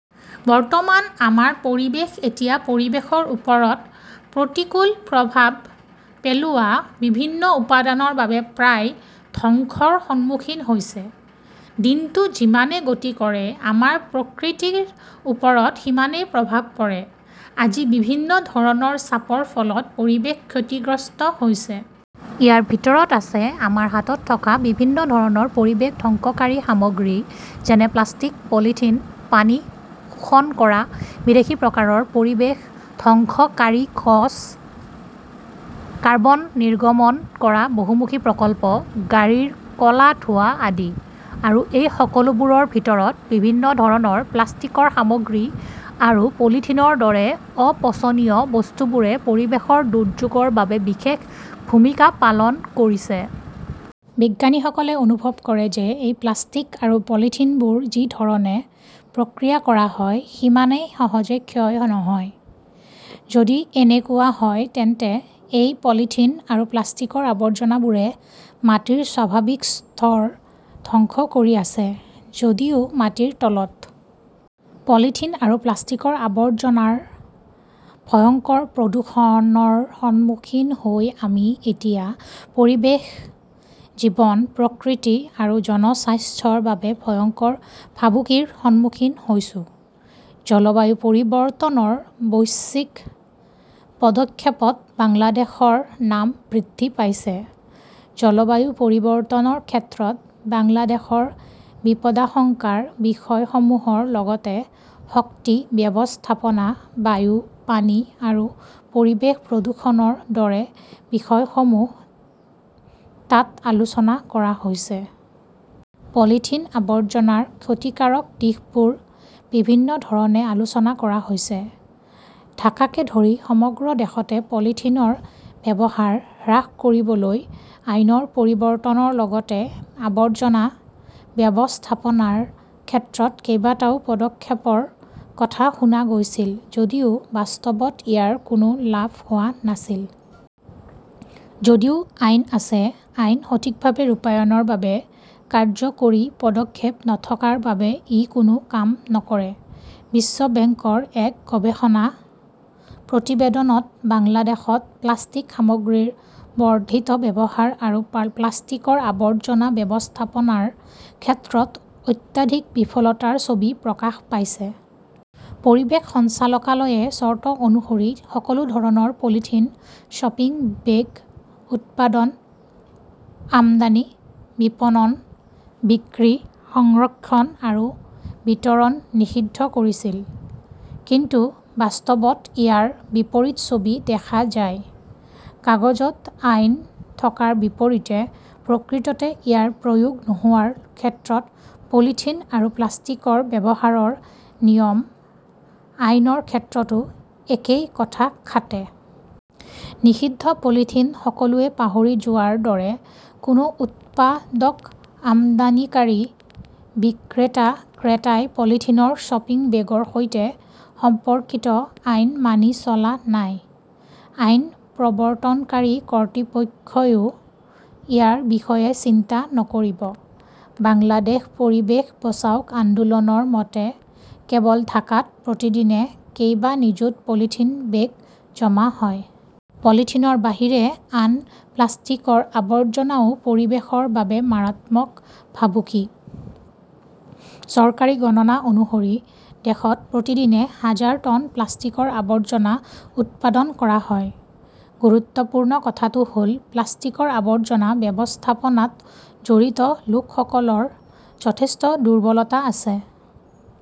বৰ্তমান আমাৰ পৰিৱেশ এতিয়া পৰিৱেশৰ ওপৰত প্ৰতিকূল প্ৰভাৱ পেলোৱা বিভিন্ন উপাদানৰ বাবে প্ৰায় ধ্বংসৰ সন্মুখীন হৈছে। দিনটো যিমানে গতি কৰে, আমাৰ প্ৰকৃতিৰ ওপৰত সিমানেই প্ৰভাৱ পৰে। আজি বিভিন্ন ধৰণৰ চাপৰ ফলত পৰিৱেশ ক্ষতিগ্ৰস্ত হৈছে। ইয়াৰ ভিতৰত আছে আমাৰ হাতত থকা বিভিন্ন ধৰণৰ পৰিৱেশ ধ্বংসকাৰী সামগ্ৰী, যেনে প্লাষ্টিক, পলিথিন, পানী শোষণ কৰা বিদেশী প্ৰকাৰৰ পৰিৱেশ ধ্বংসকাৰী গছ, কাৰ্বন নিৰ্গমন কৰা বহুমুখী প্ৰকল্প, গাড়ীৰ ক'লা ধোঁৱা আদি। আৰু এই সকলোবোৰৰ ভিতৰত, বিভিন্ন ধৰণৰ প্লাষ্টিকৰ সামগ্ৰী আৰু পলিথিনৰ দৰে অপচনীয় বস্তুবোৰে পৰিৱেশৰ দুৰ্যোগৰ বাবে বিশেষ ভূমিকা পালন কৰিছে। বিজ্ঞানীসকলে অনুভৱ কৰে যে এই প্লাষ্টিক আৰু পলিথিনবোৰ যি ধৰণে প্ৰক্ৰিয়া কৰা হয় সিমানেই সহজে ক্ষয় নহয়। যদি এনেকুৱা হয়, তেন্তে এই পলিথিন আৰু প্লাষ্টিকৰ আৱৰ্জনাবোৰে মাটিৰ স্বাভাৱিক স্তৰ ধ্বংস কৰি আছে, যদিও মাটিৰ তলত। পলিথিন আৰু প্লাষ্টিকৰ আৱৰ্জনাৰ ভয়ংকৰ প্ৰদূষণৰ সন্মুখীন হৈ আমি এতিয়া পৰিৱেশ, জীৱন-প্ৰকৃতি আৰু জনস্বাস্থ্যৰ বাবে ভয়ংকৰ ভাবুকিৰ সন্মুখীন হৈছোঁ। জলবায়ু পৰিৱৰ্তনৰ বৈশ্বিক পদক্ষেপত বাংলাদেশৰ নাম বৃদ্ধি পাইছে। জলবায়ু পৰিৱৰ্তনৰ ক্ষেত্ৰত বাংলাদেশৰ বিপদাশংকাৰ বিষয়সমূহৰ লগতে শক্তি ব্যৱস্থাপনা, বায়ু, পানী আৰু পৰিৱেশ প্ৰদূষণৰ দৰে বিষয়সমূহ তাত আলোচনা কৰা হৈছে। পলিথিন আৱৰ্জনাৰ ক্ষতিকাৰক দিশবোৰ বিভিন্ন ধৰণে আলোচনা কৰা হৈছে। ঢাকাকে ধৰি সমগ্ৰ দেশতে পলিথিনৰ ব্যৱহাৰ হ্ৰাস কৰিবলৈ আইনৰ পৰিৱৰ্তনৰ লগতে আৱৰ্জনা ব্যৱস্থাপনাৰ ক্ষেত্ৰত কেইবাটাও পদক্ষেপৰ কথা শুনা গৈছিল যদিও বাস্তৱত ইয়াৰ কোনো লাভ হোৱা নাছিল। যদিও আইন আছে, আইন সঠিকভাৱে ৰূপায়ণৰ বাবে কাৰ্যকৰী পদক্ষেপ নথকাৰ বাবে ই কোনো কাম নকৰে। বিশ্ব বেংকৰ এক গৱেষণা প্ৰতিবেদনত বাংলাদেশত প্লাষ্টিক সামগ্ৰীৰ বৰ্ধিত ব্যৱহাৰ আৰু প্লাষ্টিকৰ আৱৰ্জনা ব্যৱস্থাপনাৰ ক্ষেত্ৰত অত্যধিক বিফলতাৰ ছবি প্ৰকাশ পাইছে। পৰিৱেশ সঞ্চালকালয়ে চৰ্ত অনুসৰি সকলো ধৰণৰ পলিথিন শ্বপিং বেগ উৎপাদন, আমদানি, বিপণন, বিক্ৰী, সংৰক্ষণ আৰু বিতৰণ নিষিদ্ধ কৰিছিল। কিন্তু বাস্তৱত ইয়াৰ বিপৰীত ছবি দেখা যায়। কাগজত আইন থকাৰ বিপৰীতে প্ৰকৃততে ইয়াৰ প্ৰয়োগ নোহোৱাৰ ক্ষেত্ৰত পলিথিন আৰু প্লাষ্টিকৰ ব্যৱহাৰৰ নিয়ম আইনৰ ক্ষেত্ৰতো একেই কথা খাটে। নিষিদ্ধ পলিথিন সকলোৱে পাহৰি যোৱাৰ দৰে। কোনো উৎপাদক, আমদানিকাৰী, বিক্ৰেতা-ক্ৰেতাই পলিথিনৰ শ্বপিং বেগৰ সৈতে সম্পৰ্কিত আইন মানি চলা নাই। আইন প্ৰৱৰ্তনকাৰী কৰ্তৃপক্ষইও ইয়াৰ বিষয়ে চিন্তা নকৰিব। বাংলাদেশ পৰিৱেশ বচাও আন্দোলনৰ মতে, কেৱল ঢাকাত প্ৰতিদিনে কেইবা নিযুত পলিথিন বেগ জমা হয়। পলিথিনৰ বাহিৰে আন প্লাষ্টিকৰ আৱৰ্জনাও পৰিৱেশৰ বাবে মাৰাত্মক ভাবুকি। চৰকাৰী গণনা অনুসৰি, দেশত প্ৰতিদিনে হাজাৰ টন প্লাষ্টিকৰ আৱৰ্জনা উৎপাদন কৰা হয়। গুৰুত্বপূৰ্ণ কথাটো হ'ল, প্লাষ্টিকৰ আৱৰ্জনা ব্যৱস্থাপনাত জড়িত লোকসকলৰ যথেষ্ট দুৰ্বলতা আছে।